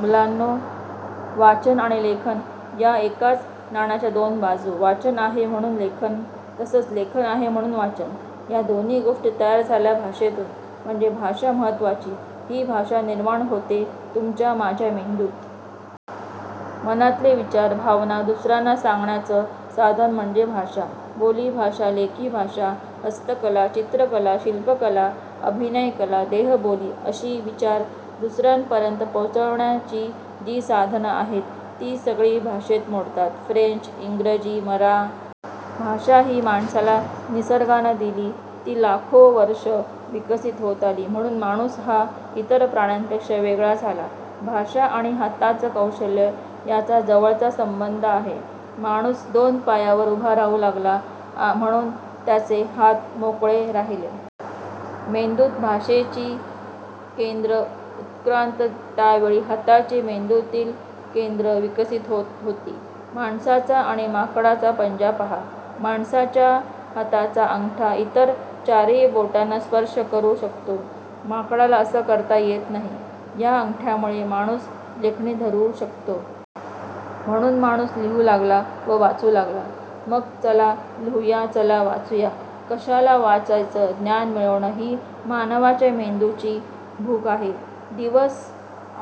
मुलांनो, वाचन आणि लेखन या एकाच नाण्याच्या दोन बाजू. वाचन आहे म्हणून लेखन तसंच लेखन आहे म्हणून वाचन. या दोन्ही गोष्टी तयार झाल्या भाषेतून. म्हणजे भाषा महत्त्वाची. ही भाषा निर्माण होते तुमच्या माझ्या मेंदूत. मनातले विचार, भावना दुसऱ्यांना सांगण्याचं साधन म्हणजे भाषा. बोलीभाषा, लेखीभाषा, हस्तकला, चित्रकला, शिल्पकला, अभिनयकला, देहबोली अशी विचार दुसऱ्यांपर्यंत पोहोचविण्याची जी साधनं आहेत ती सगळी भाषेत मोडतात. फ्रेंच, इंग्रजी, मराठी वगैरे निरनिराळ्या भागातील भाषेची रूपं आहेत. भाषा ही माणसाला निसर्गानं दिली. ती लाखो वर्षं विकसित होत आली म्हणून माणूस हा इतर प्राण्यांपेक्षा वेगळा झाला. भाषा आणि हातांचं कौशल्य यांचा जवळचा संबंध आहे. माणूस दोन पायांवर उभा राहू लागला म्हणून त्याचे हात मोकळे राहिले. मेंदूत भाषेची केंद्रं उत्क्रांत त्यावेळी हाताची मेंदूतील केंद्रं विकसित होत होती. माणसाचा आणि माकडांचा पंजा पहा. माणसाच्या हाताचा अंगठा इतर चारही बोटांना स्पर्श करू शकतो. माकडाला असं करता येत नाही. या अंगठ्यामुळे माणूस लेखणी धरू शकतो. म्हणून माणूस लिहू लागला व वाचू लागला. मग चला लिहूया चला वाचूया. कशाला वाचायचं ज्ञान मिळवणं ही मानवाच्या मेंदूची भूक आहे. दिवस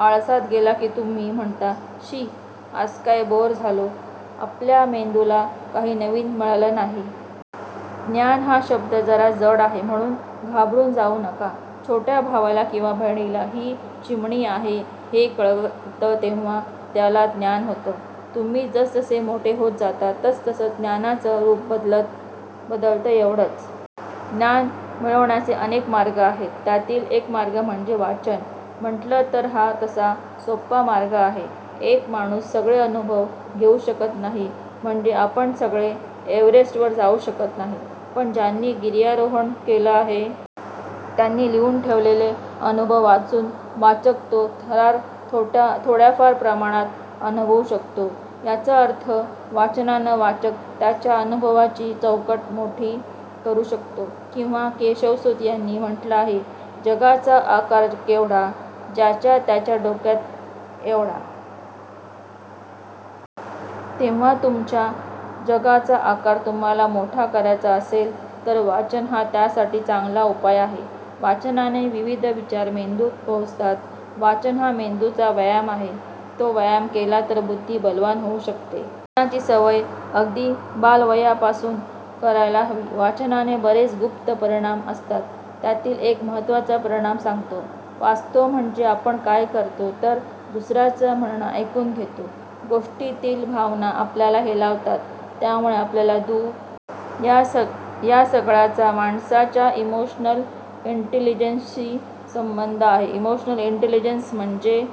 आळसात गेला की तुम्ही म्हणता, 'शी; आज काय बोअर झालो' आपल्या मेंदूला काही नवीन मिळालं नाही की आपण बोअर होतो. 'ज्ञान' हा शब्द जरा जड आहे म्हणून घाबरून जाऊ नका. छोट्या भावाला किंवा बहिणीला ही चिमणी आहे हे कळतं तेव्हा त्याला ज्ञान होतं. तुम्ही जसजसे मोठे होत जाता तसतसं ज्ञानाचं रूप बदलतं एवढंच. ज्ञान मिळवण्याचे अनेक मार्ग आहेत त्यातील एक मार्ग म्हणजे वाचन. म्हटलं तर हा तसा सोपा मार्ग आहे. एक माणूस सगळे अनुभव घेऊ शकत नाही म्हणजे आपण सगळे एव्हरेस्टवर जाऊ शकत नाही. पण ज्यांनी गिर्यारोहण केलं आहे. त्यांनी लिहून ठेवलेले अनुभव वाचून वाचक तो थरार थोड्याफार प्रमाणात अनुभवू शकतो. याचा अर्थ वाचनानं वाचक त्याच्या अनुभवाची चौकट मोठी करू शकतो. कवी केशवसूत यांनी म्हटलं आहे 'जगाचा आकार केवढा/ ज्याच्या त्याच्या डोक्यात एवढा'. तेव्हा तुमच्या जगाचा आकार तुम्हाला मोठा करायचा असेल तर वाचन हा त्यासाठी चांगला उपाय आहे. वाचनाने विविध विचार मेंदूत पोहोचतात. वाचन हा मेंदूचा व्यायाम आहे. तो व्यायाम केला तर बुद्धी बलवान होऊ शकते. वाचनाची सवय अगदी बालवयापासून करायला हवी. वाचनाचे बरेच गुप्त परिणाम असतात. त्यातील एक महत्त्वाचा परिणाम सांगतो. वाचतो म्हणजे आपण काय करतो तर दुसऱ्याचं म्हणणं ऐकून घेतो. गोष्टीतील भावना आपल्याला हेलावतात. यामुळे आपल्याला दुसऱ्याचं म्हणणं ऐकून घेण्याची सवय होते. या सगळ्याचा माणसाच्या 'इमोशनल इंटेलिजन्सशी' संबंध आहे. इमोशनल इंटेलिजन्स म्हणजे